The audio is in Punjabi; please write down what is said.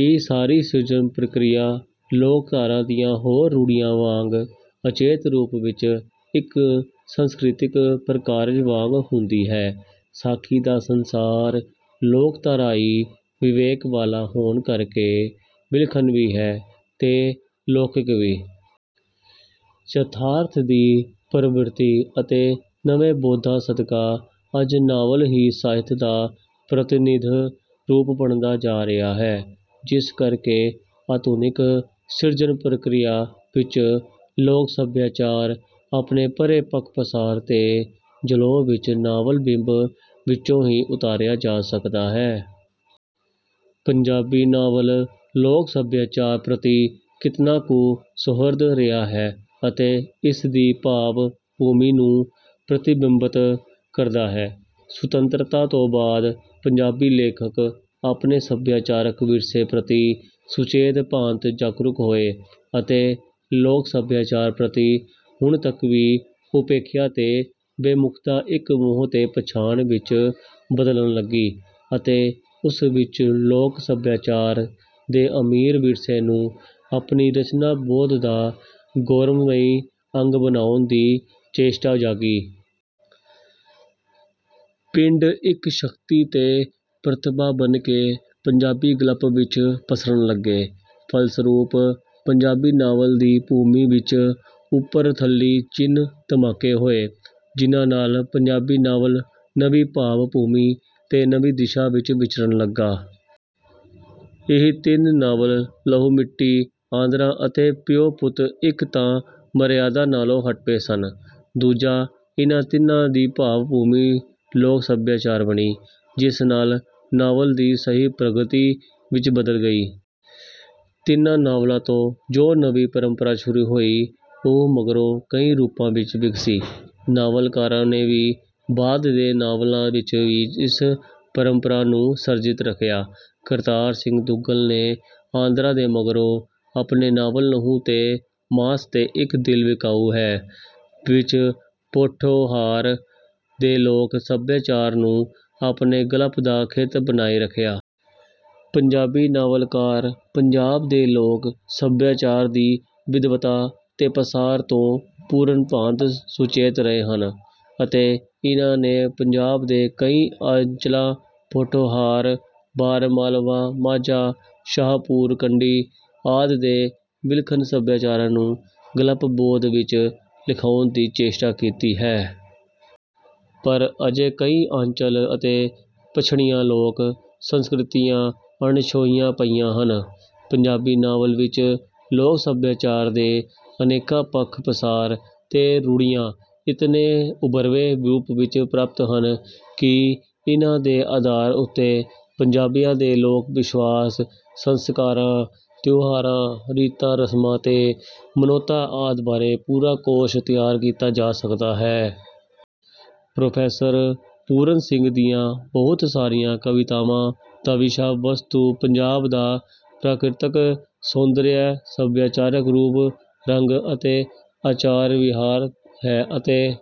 ਇਹ ਸਾਰੀ ਸਿਰਜਣ ਪ੍ਰਕਿਰਿਆ ਲੋਕ ਧਾਰਾ ਦੀਆਂ ਹੋਰ ਰੂੜ੍ਹੀਆਂ ਵਾਂਗ ਅਚੇਤ ਰੂਪ ਵਿੱਚ ਇੱਕ ਸੰਸਕ੍ਰਿਤਿਕ ਪ੍ਰਕਾਰਜ ਵਾਂਗ ਹੁੰਦੀ ਹੈ। ਸਾਖੀ ਦਾ ਸੰਸਾਰ ਲੋਕ ਧਾਰਾਈ ਵਿਵੇਕ ਵਾਲਾ ਹੋਣ ਕਰਕੇ ਵਿਲਖਣ ਵੀ ਹੈ ਤੇ ਲੋਕਿਕ ਵੀ। ਯਥਾਰਥ ਦੀ ਪ੍ਰਵਿਰਤੀ ਅਤੇ ਨਵੇਂ ਬੋਧਾਂ ਸਦਕਾ ਅੱਜ ਨਾਵਲ ਹੀ ਸਾਹਿਤ ਦਾ ਪ੍ਰਤਿਨਿਧ ਰੂਪ ਬਣਦਾ ਜਾ ਰਿਹਾ ਹੈ। ਜਿਸ ਕਰਕੇ ਆਧੁਨਿਕ ਸਿਰਜਣ ਪ੍ਰਕਿਰਿਆ ਵਿੱਚ ਲੋਕ ਸਭਿਆਚਾਰ ਆਪਣੇ ਪੂਰੇ ਪੱਖ ਪਸਾਰ ਤੇ ਜਲੌਅ ਵਿੱਚ ਨਾਵਲ ਬਿੰਬ ਵਿੱਚੋਂ ਹੀ ਉਤਾਰਿਆ ਜਾ ਸਕਦਾ ਹੈ। ਪੰਜਾਬੀ ਨਾਵਲ ਲੋਕ ਸਭਿਆਚਾਰ ਪ੍ਰਤੀ ਕਿਤਨਾ ਕੁ ਸੁਹਿਰਦ ਰਿਹਾ ਹੈ ਅਤੇ ਇਸਦੀ ਭਾਵ ਭੂਮੀ ਨੂੰ ਪ੍ਰਤਿਬਿੰਬਤ ਕਰਦਾ ਹੈ। ਸੁਤੰਤਰਤਾ ਤੋਂ ਬਾਅਦ ਪੰਜਾਬੀ ਲੇਖਕ ਆਪਣੇ ਸਭਿਆਚਾਰਕ ਵਿਰਸੇ ਪ੍ਰਤੀ ਸੁਚੇਤ ਭਾਂਤ ਜਾਗਰੂਕ ਹੋਏ ਅਤੇ ਲੋਕ ਸਭਿਆਚਾਰ ਪ੍ਰਤੀ ਹੁਣ ਤੱਕ ਦੀ ਉਪੇਖਿਆ ਤੇ ਬੇਮੁੱਖਤਾ ਇੱਕ ਮੋਹ ਤੇ ਪਛਾਣ ਵਿੱਚ ਬਦਲਣ ਲੱਗੀ ਅਤੇ ਉਸ ਵਿੱਚ ਲੋਕ ਸਭਿਆਚਾਰ ਦੇ ਅਮੀਰ ਵਿਰਸੇ ਨੂੰ ਆਪਣੀ ਰਚਨਾ ਬੋਧ ਦਾ ਗੌਰਵਮਈ ਅੰਗ ਬਨਾਉਣ ਦੀ ਚੇਸ਼ਟਾ ਜਾਗੀ। ਪਿੰਡ ਇੱਕ ਸ਼ਕਤੀ ਤੇ ਪ੍ਰਤਿਭਾ ਬਣ ਕੇ ਪੰਜਾਬੀ ਗਲਪ ਵਿੱਚ ਪਸਰਨ ਲੱਗੇ। ਫਲਸਰੂਪ ਪੰਜਾਬੀ ਨਾਵਲ ਦੀ ਭੂਮੀ ਵਿੱਚ ਉੱਪਰ ਥੱਲੀ ਚਿੰਨ ਧਮਾਕੇ ਹੋਏ। ਜਿਨ੍ਹਾਂ ਨਾਲ ਪੰਜਾਬੀ ਨਾਵਲ ਨਵੀਂ ਭਾਵ ਭੂਮੀ ਤੇ ਨਵੀਂ ਦਿਸ਼ਾ ਵਿੱਚ ਵਿਚਰਣ ਲੱਗਾ। ਇਹ ਤਿੰਨ ਨਾਵਲ ਲਹੂ ਮਿੱਟੀ, ਆਂਦਰਾਂ ਅਤੇ ਪਿਉ ਪੁੱਤ ਇੱਕ ਤਾਂ ਮਰਿਆਦਾ ਨਾਲੋਂ ਹਟਵੇਂ ਸਨ, ਦੂਜਾ ਇਨ੍ਹਾਂ ਤਿੰਨਾਂ ਦੀ ਭਾਵ ਭੂਮੀ ਲੋਕ ਸਭਿਆਚਾਰ ਬਣੀ, ਜਿਸ ਨਾਲ ਨਾਵਲ ਦੀ ਸਹੀ ਪ੍ਰਗਤੀ ਵਿੱਚ ਬਦਲ ਗਈ। ਤਿੰਨਾਂ ਨਾਵਲਾਂ ਤੋਂ ਜੋ ਨਵੀਂ ਪਰੰਪਰਾ ਸ਼ੁਰੂ ਹੋਈ ਉਹ ਮਗਰੋਂ ਕਈ ਰੂਪਾਂ ਵਿੱਚ ਵਿਗਸੀ। ਨਾਵਲਕਾਰਾਂ ਨੇ ਵੀ ਬਾਅਦ ਦੇ ਨਾਵਲਾਂ ਵਿੱਚ ਇਸ ਪਰੰਪਰਾ ਨੂੰ ਸਰਜੀਤ ਰੱਖਿਆ। ਕਰਤਾਰ ਸਿੰਘ ਦੁੱਗਲ ਨੇ ਆਂਦਰਾਂ ਦੇ ਮਗਰੋਂ ਆਪਣੇ ਨਾਵਲ ਨਹੁੰ ਤੇ ਮਾਸ ਤੇ ਇੱਕ ਦਿਲ ਵਿਕਾਊ ਹੈ ਵਿੱਚ ਪੋਠੋਹਾਰ ਦੇ ਲੋਕ ਸਭਿਆਚਾਰ ਨੂੰ ਆਪਣੇ ਗਲਪ ਦਾ ਖੇਤਰ ਬਣਾਈ ਰੱਖਿਆ। ਪੰਜਾਬੀ ਨਾਵਲਕਾਰ ਪੰਜਾਬ ਦੇ ਲੋਕ ਸਭਿਆਚਾਰ ਦੀ ਵਿਦਵਤਾ ਤੇ ਪਸਾਰ ਤੋਂ ਪੂਰਨ ਭਾਂਤ ਸੁਚੇਤ ਰਹੇ ਹਨ ਅਤੇ ਇਨ੍ਹਾਂ ਨੇ ਪੰਜਾਬ ਦੇ ਕਈ ਆਂਚਲਾਂ ਪੋਠੋਹਾਰ, ਬਾਰ, ਮਾਲਵਾ, ਮਾਝਾ, ਸ਼ਾਹਪੁਰ ਕੰਡੀ, ਆਦਿ ਦੇ ਵਿਲੱਖਣ ਸਭਿਆਚਾਰਾਂ ਨੂੰ ਗਲਪ ਬੋਧ ਵਿੱਚ ਲਿਆਉਣ ਦੀ ਚੇਸ਼ਟਾ ਕੀਤੀ ਹੈ। ਪਰ ਅਜੇ ਕਈ ਆਂਚਲ ਅਤੇ ਪਛੜੀਆਂ ਲੋਕ ਸੰਸਕ੍ਰਿਤੀਆਂ ਅਣਛੋਹੀਆਂ ਪਈਆਂ ਹਨ। ਪੰਜਾਬੀ ਨਾਵਲ ਵਿੱਚ ਲੋਕ ਸਭਿਆਚਾਰ ਦੇ ਅਨੇਕਾਂ ਪੱਖ ਪਸਾਰ ਤੇ ਰੂੜ੍ਹੀਆਂ ਇਤਨੇ ਉਭਰਵੇਂ ਰੂਪ ਵਿੱਚ ਪ੍ਰਾਪਤ ਹਨ ਕਿ ਇਨ੍ਹਾਂ ਦੇ ਆਧਾਰ ਉੱਤੇ ਪੰਜਾਬੀਆਂ ਦੇ ਲੋਕ ਵਿਸ਼ਵਾਸ, ਸੰਸਕਾਰਾਂ, ਤਿਉਹਾਰਾਂ, ਰੀਤਾਂ ਰਸਮਾਂ ਤੇ ਮਨੌਤਾਂ ਆਦਿ ਬਾਰੇ ਪੂਰਾ ਕੋਸ਼ ਤਿਆਰ ਕੀਤਾ ਜਾ ਸਕਦਾ ਹੈ। ਪ੍ਰੋਫੈਸਰ ਪੂਰਨ ਸਿੰਘ ਦੀਆਂ ਬਹੁਤ ਸਾਰੀਆਂ ਕਵਿਤਾਵਾਂ ਦਾ ਵਿਸ਼ਾ ਵਸਤੂ ਪੰਜਾਬ ਦਾ ਪ੍ਰਾਕਿਰਤਕ ਸੌਂਦਰਯ, ਸਭਿਆਚਾਰਕ ਰੂਪ ਰੰਗ ਅਤੇ ਆਚਾਰ ਵਿਹਾਰ ਹੈ ਅਤੇ